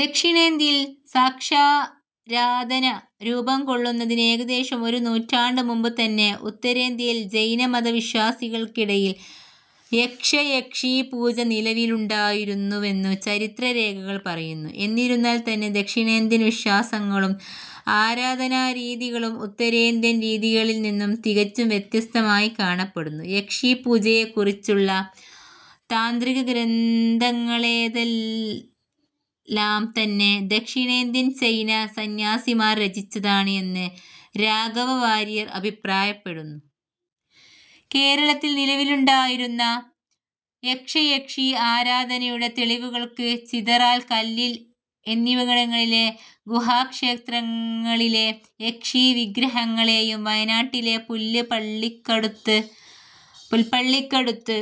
ദക്ഷിണേന്ത്യയിൽ യക്ഷാരാധന രൂപം കൊള്ളുന്നതിനു ഏകദേശം ഒരു നൂറ്റാണ്ടു മുൻപ് തന്നെ ഉത്തരേന്ത്യയിൽ ജൈന മത വിശ്വാസികൾക്കിടയിൽ യക്ഷ-യക്ഷീ പൂജ നിലവിലുണ്ടായിരുന്നുവെന്നു ചരിത്ര രേഖകൾ പറയുന്നു. എന്നിരുന്നാൽ തന്നെ ദക്ഷിണേന്ത്യൻ വിശ്വാസങ്ങളും ആരാധനാ രീതികളും ഉത്തരേന്ത്യൻ രീതികളിൽ നിന്നും തികച്ചും വ്യത്യസ്തമായി കാണപ്പെടുന്നു. യക്ഷീ പൂജയെ കുറിച്ചുള്ള താന്ത്രിക ഗ്രന്ഥങ്ങളേതാണ്ടെല്ലാം തന്നെ ദക്ഷിണേന്ത്യൻ ജൈന സന്യാസിമാർ രചിച്ചതാണ് എന്ന് രാഘവ വാരിയർ അഭിപ്രായപ്പെടുന്നു. കേരളത്തിൽ നിലവിലുണ്ടായിരുന്ന യക്ഷ-യക്ഷീ ആരാധനയുടെ തെളിവുകൾക്ക് ചിതറാൽ, കല്ലിൽ എന്നിവിടങ്ങളിലെ ഗുഹാക്ഷേത്രങ്ങളിലെ യക്ഷീ വിഗ്രഹങ്ങളെയും വയനാട്ടിലെ പുല്പ്പള്ളിക്കടുത്തു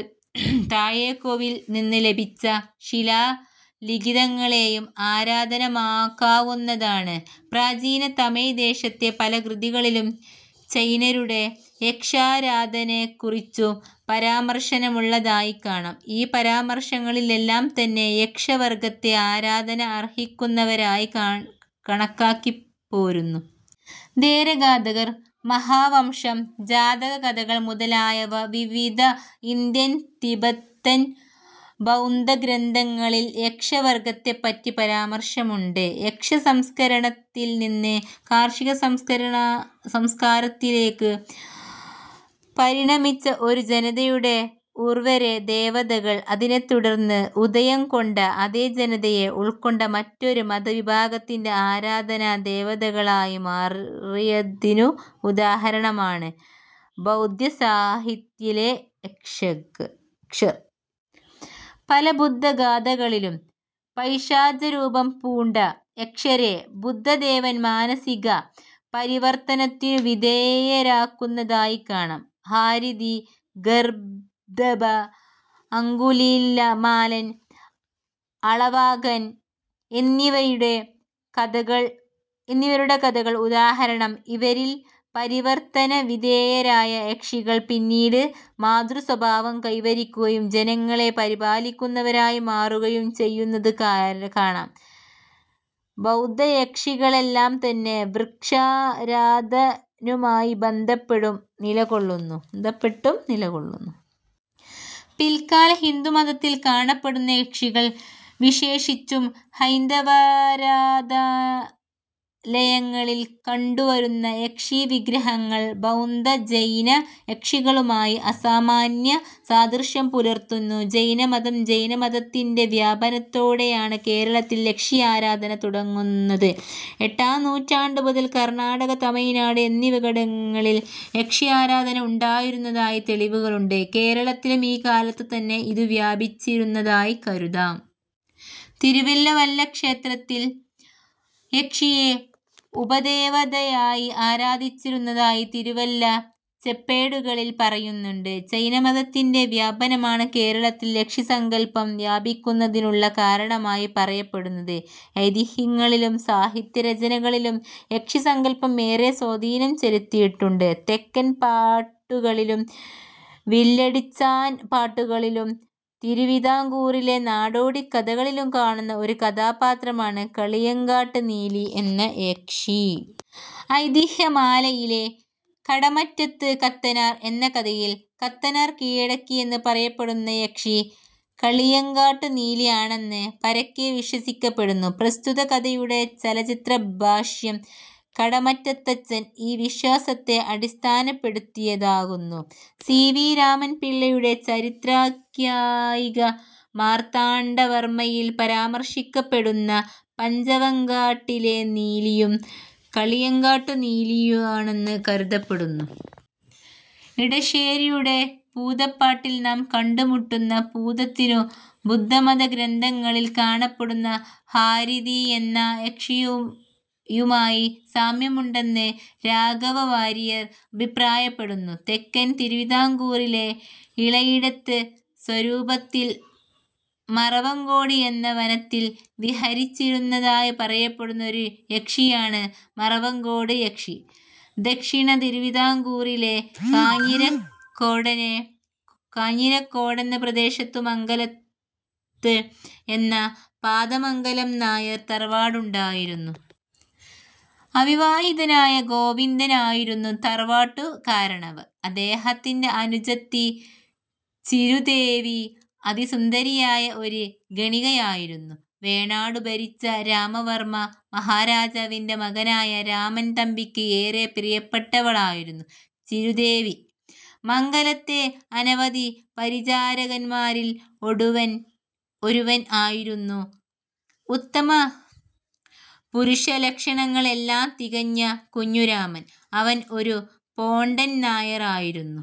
താഴെക്കാവിൽ നിന്ന് ലഭിച്ച ശിലാലിഖിതങ്ങളെയും ആധാരമാക്കാവുന്നതാണ്. പ്രാചീന തമിഴ് ദേശത്തെ പല കൃതികളിലും ജൈനരുടെ യക്ഷാരാധനെയെക്കുറിച്ചു പരാമാർശമുള്ളതായി കാണാം. ഈ പരാമർശങ്ങളിലെല്ലാം തന്നെ യക്ഷ വർഗത്തെ ആരാധന അർഹിക്കുന്നവരായി കണക്കാക്കിപ്പോരുന്നു. ഥേരഗാഥകൾ, മഹാവംശം, ജാതക കഥകൾ മുതലായ വിവിധ ഇന്ത്യൻ, തിബത്തൻ ബൗദ്ധഗ്രന്ഥങ്ങളിൽ യക്ഷവർഗത്തെ പറ്റി പരാമർശമുണ്ട്. യജ്ഞസംസ്കാരത്തിൽ നിന്ന് കാർഷികസംസ്കാരത്തിലെയ്ക്ക് പരിണമിച്ച ഒരു ജനതയുടെ ഉർവര ദേവതകൾ, അതിനെ തുടർന്ന് ഉദയം കൊണ്ട, അതെ ജനതയെ ഉൾക്കൊണ്ട, മറ്റൊരു മതവിഭാഗത്തിന്റെ ആരാധനാ ദേവതകളായി മാറിയതിനു ഉദാഹരണമാണ് ബൗദ്ധസാഹിത്യത്തിലെ യക്ഷർ. പല ബുദ്ധഗാഥകളിലും പൈശാചരൂപം പൂണ്ട യക്ഷരെ ബുദ്ധദേവൻ മാനസിക പരിവർത്തനത്തിനു വിധേയരാക്കുന്നതായി കാണാം. ഹാരിതി, ഗർദ്ദഭ, അംഗുലീമാലൻ, അളവാകൻ എന്നിവരുടെ കഥകൾ ഉദാഹരണം. ഇവരിൽ പരിവർത്തനവിധേയരായ യക്ഷികൾ പിന്നീട് മാതൃസ്വഭാവം കൈവരിക്കുകയും ജനങ്ങളെ പരിപാലിക്കുന്നവരായി മാറുകയും ചെയ്യുന്നതു കാണാം. ബൗദ്ധയക്ഷികളെല്ലാം തന്നെ വൃക്ഷാരാധനയുമായി ബന്ധപ്പെട്ടും നിലകൊള്ളുന്നു. പില്ക്കാല ഹിന്ദുമതത്തിൽ കാണപ്പെടുന്ന യക്ഷികൾ, വിശേഷിച്ചും ഹൈന്ദവാരാധനാലയങ്ങളിൽ കണ്ടു വരുന്ന യക്ഷീവിഗ്രഹങ്ങൾ, ബൗദ്ധ-ജൈന യക്ഷികളുമായി അസാമാന്യ സാദൃശ്യം പുലർത്തുന്നു. ജൈനമതം ജൈനമതത്തിന്റെ വ്യാപനത്തോടെയാണ് കേരളത്തിൽ യക്ഷിആരാധന തുടങ്ങുന്നത്. എട്ടാം നൂറ്റാണ്ടു മുതൽ കർണ്ണാടക, തമിഴ്നാട് എന്നിവിടങ്ങളിൽ യക്ഷി ആരാധന ഉണ്ടായിരുന്നതായി തെളിവുകളുണ്ട്. കേരളത്തിലും ഈ കാലത്തു തന്നെ ഇതു വ്യാപിച്ചിരുന്നതായി കരുതാം. തിരുവല്ല വല്ലഭക്ഷേത്രത്തിൽ യക്ഷിയെ ഉപദേവതയായി ആരാധിച്ചിരുന്നതായി തിരുവല്ല ചെപ്പേടുകളിൽ പറയുന്നുണ്ട്. ജൈന മതത്തിന്റെ വ്യാപനമാണ് കേരളത്തിൽ യക്ഷിസങ്കൽപം വ്യാപിക്കുന്നതിനുള്ള കാരണമായി പറയപ്പെടുന്നത്. ഐതിഹ്യങ്ങളിലും സാഹിത്യരചനകളിലും യക്ഷിസങ്കല്പം ഏറെ സ്വാധീനം ചെലുത്തിയിട്ടുണ്ട്. തെക്കൻ പാട്ടുകളിലും വില്ലടിച്ചാൻപാട്ടുകളിലും തിരുവിതാംകൂറിലെ നാടോടിക്കഥകളിലും കാണുന്ന ഒരു കഥാപാത്രമാണ് കള്ളിയങ്കാട്ട് നീലി എന്ന യക്ഷി. ഐതിഹ്യ മാലയിലെ "കടമറ്റത്ത് കത്തനാർ" എന്ന കഥയിൽ കത്തനാർ കീഴടക്കി എന്ന് പറയപ്പെടുന്ന യക്ഷി കള്ളിയങ്കാട്ടു നീലി ആണെന്ന് പരക്കെ വിശ്വസിക്കപ്പെടുന്നു. പ്രസ്തുത കഥയുടെ ചലച്ചിത്ര ഭാഷ്യം, കടമറ്റത്തച്ചൻ, ഈ വിശ്വാസത്തെ അടിസ്ഥാനപ്പെടുത്തിയാകുന്നു. സി. വി. രാമൻ പിള്ളയുടെ ചരിത്രാഖ്യായിക മാർത്താണ്ഠവർമയിൽ പരാമർശിക്കപ്പെടുന്ന "പഞ്ചവങ്കാട്ടിലെ നീലി" യും കള്ളിയങ്കാട്ടു നീലിയാണെന്ന് കരുതപ്പെടുന്നു. ഇടശ്ശേരിയുടെ പൂതപ്പാട്ടിൽ നാം കണ്ടുമുട്ടുന്ന പൂതത്തിനു ബുദ്ധമതഗ്രന്ഥങ്ങളിൽ കാണപ്പെടുന്ന ഹാരിതി എന്നാ യക്ഷിയുമായി സാമ്യമുണ്ടെന്ന് രാഘവ വാരിയർ അഭിപ്രായപ്പെടുന്നു. തെക്കൻ തിരുവിതാംകൂറിലെ ഇളയിടത്ത് സ്വരൂപത്തിൽ മറവങ്കോട് എന്ന വനത്തിൽ വിഹരിച്ചിരുന്നതായി പറയപ്പെടുന്ന ഒരു യക്ഷിയാണ് മറവങ്കോട് യക്ഷി. ദക്ഷിണ തിരുവിതാംകൂറിലെ കാഞ്ഞിരക്കോടെന്ന പ്രദേശത്തു 'മംഗലത്ത്' എന്ന പാതമംഗലം നായർ തറവാട് ഉണ്ടായിരുന്നു. അവിവാഹിതനായ ഗോവിന്ദൻ ആയിരുന്നു തറവാട്ടു കാരണവർ. അദ്ദേഹത്തിന്റെ അനുജത്തി ചിരുതേവി അതിസുന്ദരിയായ ഒരു ഗണികയായിരുന്നു. വേണാടു ഭരിച്ച രാമവർമ്മ മഹാരാജാവിൻറെ മകനായ രാമൻതമ്പിയ്ക്ക് ഏറെ പ്രിയപ്പെട്ടവൾ ആയിരുന്നു ചിരുതേവി. മംഗലത്തെ അനവധി പരിചാരകന്മാരിൽ ഒരുവൻ ആയിരുന്നു ഉത്തമപുരുഷലക്ഷണങ്ങൾ എല്ലാം തികഞ്ഞ കുഞ്ഞുരാമൻ. അവൻ ഒരു പോണ്ടൻനായർ ആയിരുന്നു.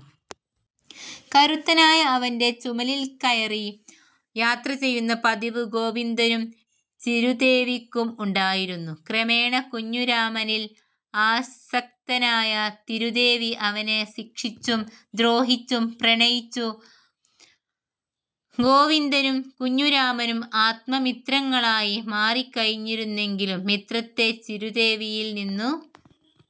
കരുത്തനായ അവന്റെ ചുമലിൽക്കയറി യാത്രചെയ്യുന്ന പതിവു ഗോവിന്ദനും ചിരുതേവിക്കും ഉണ്ടായിരുന്നു. ക്രമേണ കുഞ്ഞുരാമനിൽ ആസക്തയായ ചിരുതേവി അവനെ ശിക്ഷിച്ചും ദ്രോഹിച്ചും പ്രണയിച്ചു. ഗോവിന്ദനും കുഞ്ഞുരാമനും ആത്മമിത്രങ്ങളായി മാറിക്കഴിഞ്ഞിരുന്നെങ്കിലും മിത്രത്തെ ചിരുതേവിയിൽ നിന്നു